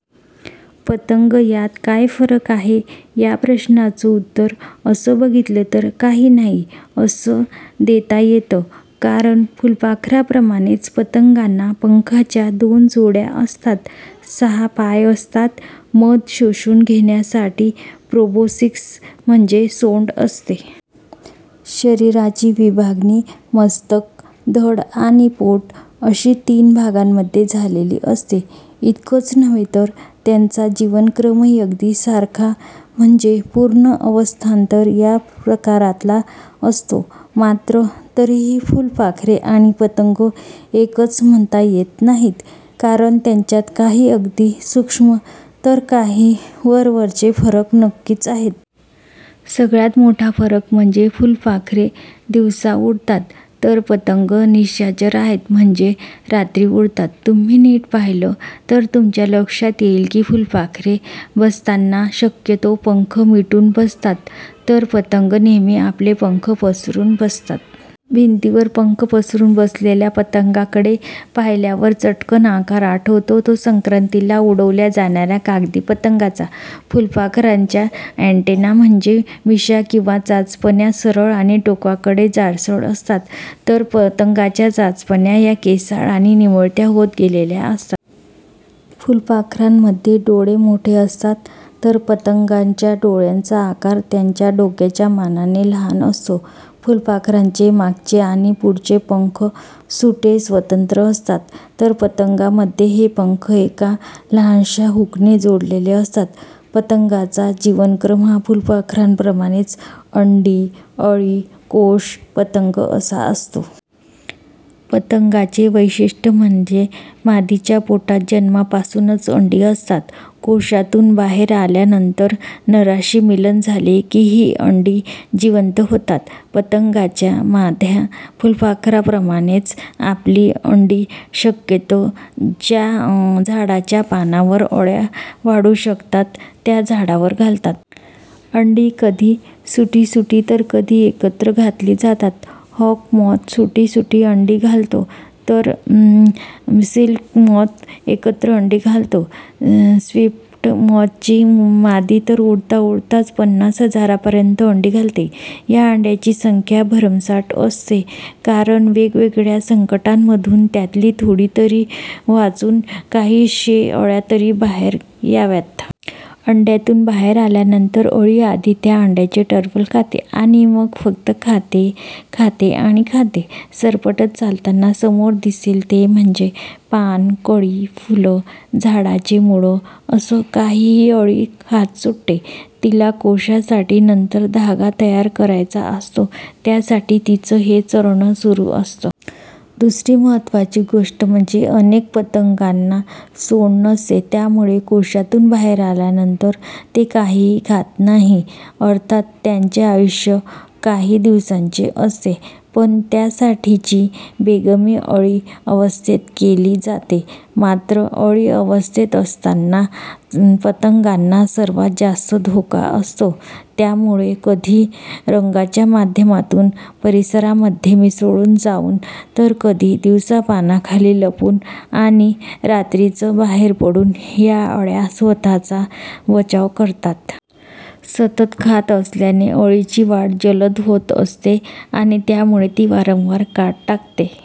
पतंग यात काय फरक आहे? या प्रश्नाचं उत्तर तसं बघितलं तर काही नाही' असं देता येतं. कारण फुलपाखरांप्रमाणेच पतंगांना पंखांच्या दोन जोड्या असतात. सहा पाय असतात. मध शोषून घेण्यासाठी प्रोबोस्किस म्हणजे सोंड असते. शरीराची विभागणी मस्तक, धड आणि पोट अशी तीन भागांमध्ये झालेली असते. इतकंच नव्हे तर त्यांचा जीवनक्रमही अगदी सारखा म्हणजे पूर्ण अवस्थांतर या प्रकारातला असतो. मात्र तरीही फुलपाखरे आणि पतंग एकच म्हणता येत नाहीत, कारण त्यांच्यात काही अगदी सूक्ष्म तर काही वरवरचे फरक नक्कीच आहेत. सगळ्यात मोठा फरक म्हणजे फुलपाखरे दिवसा उडतात, तर पतंग निशाचर आहेत. म्हणजे रात्री उडतात. तुम्ही नीट पाहिलं तर तुमच्या लक्षात येईल की फुलपाखरे बसताना शक्यतो पंख मिटून बसतात, तर पतंग नेहमी आपले पंख पसरून बसतात. भिंतीवर पंख पसरुन बसलेल्या पतंगाकडे पाहिल्यावर चटकन आकार आठवतो तो संक्रातीला उडवल्या जाणाऱ्या कागदी पतंगाचा. फुलपाखरांच्या ॲन्टेना म्हणजे मिशा किंवा चाचपण्या या सरळ आणि टोकाकडे जाडसर असतात, तर पतंगांच्या चाचपण्या या केसाळ आणि निमुळत्या होत गेलेल्या असतात. फुलपाखरांमध्ये डोळे मोठे असतात, तर पतंगांच्या डोळ्याचा आकार त्यांच्या डोक्याच्या मानाने लहान असतो. फुलपाखरांचे मागचे आणि पुढचे पंख सुटे, स्वतंत्र असतात, तर पतंगांमध्ये हे पंख एका लहानशा हुकने जोडलेले असतात. पतंगांचा जीवनक्रम हा फुलपाखरांप्रमाणेच अंडी, अळी, कोश, पतंग असा असतो. पतंगांचे वैशिष्ट्य म्हणजे मादीच्या पोटात जन्मापासूनच अंडी असतात, कोशातून बाहेर आल्यानंतर नराशी मिलन झाले की ही अंडी 'जिवंत' होतात. पतंगांच्या माद्या फुलपाखरांप्रमाणेच आपली अंडी शक्यतो ज्या झाडाच्या पानांवर अळ्या वाढू शकतात, त्या झाडांवर घालतात. अंडी कधी सुटी सुटी, तर कधी एकत्र घातली जातात. हॉक मॉथ सुटी सुटी अंडी घालतो, तर टसर सिल्क मॉथ एकत्र अंडी घालतो. स्विफ्ट मॉथची मादी तर उडताउडताच पन्नास हजारांपर्यंत अंडी घालते. या अंड्यांची संख्या भरमसाठ असते, कारण वेगवेगळ्या संकटांमधून त्यातली थोडी तरी वाचून, काही शे अळ्यातरी बाहेर याव्यात. अंड्यातून बाहेर आल्यानंतर अळी आधी त्या अंड्याचे टरफल खाते आणि मग फक्त खाते, खाते आणि खाते. सरपटत चालताना समोर दिसेल ते म्हणजे पान, कळी, फूल, झाडाचे मूळ असं काहीही अळी खात सुटते. तिला कोशासाठी नंतर धागा तयार करायचा असतो, त्यासाठी तिचं हे चरणं सुरू असतं. दुसरी महत्त्वाची गोष्ट म्हणजे अनेक पतंगांना सोंड नसते. त्यामुळे कोशातून बाहेर आल्यानंतर ते काहीही खात नाहीत. अर्थात त्यांचे आयुष्य काही दिवसांचे असते, पण त्यासाठीची बेगमी अळी अवस्थेत केली जाते. मात्र अळी अवस्थेत असताना पतंगांना सर्वात जास्त धोका असतो, त्यामुळे कधी रंगांच्या माध्यमातून परिसरामध्ये मिसळून जाऊन, तर कधी दिवसा पानाखाली लपून आणि रात्रीच बाहेर पडून या अळ्या स्वतःचा बचाव करतात. सतत खात असल्याने अळीची वाढ जलद होत असते आणि त्यामुळे ती वारंवार कात टाकते.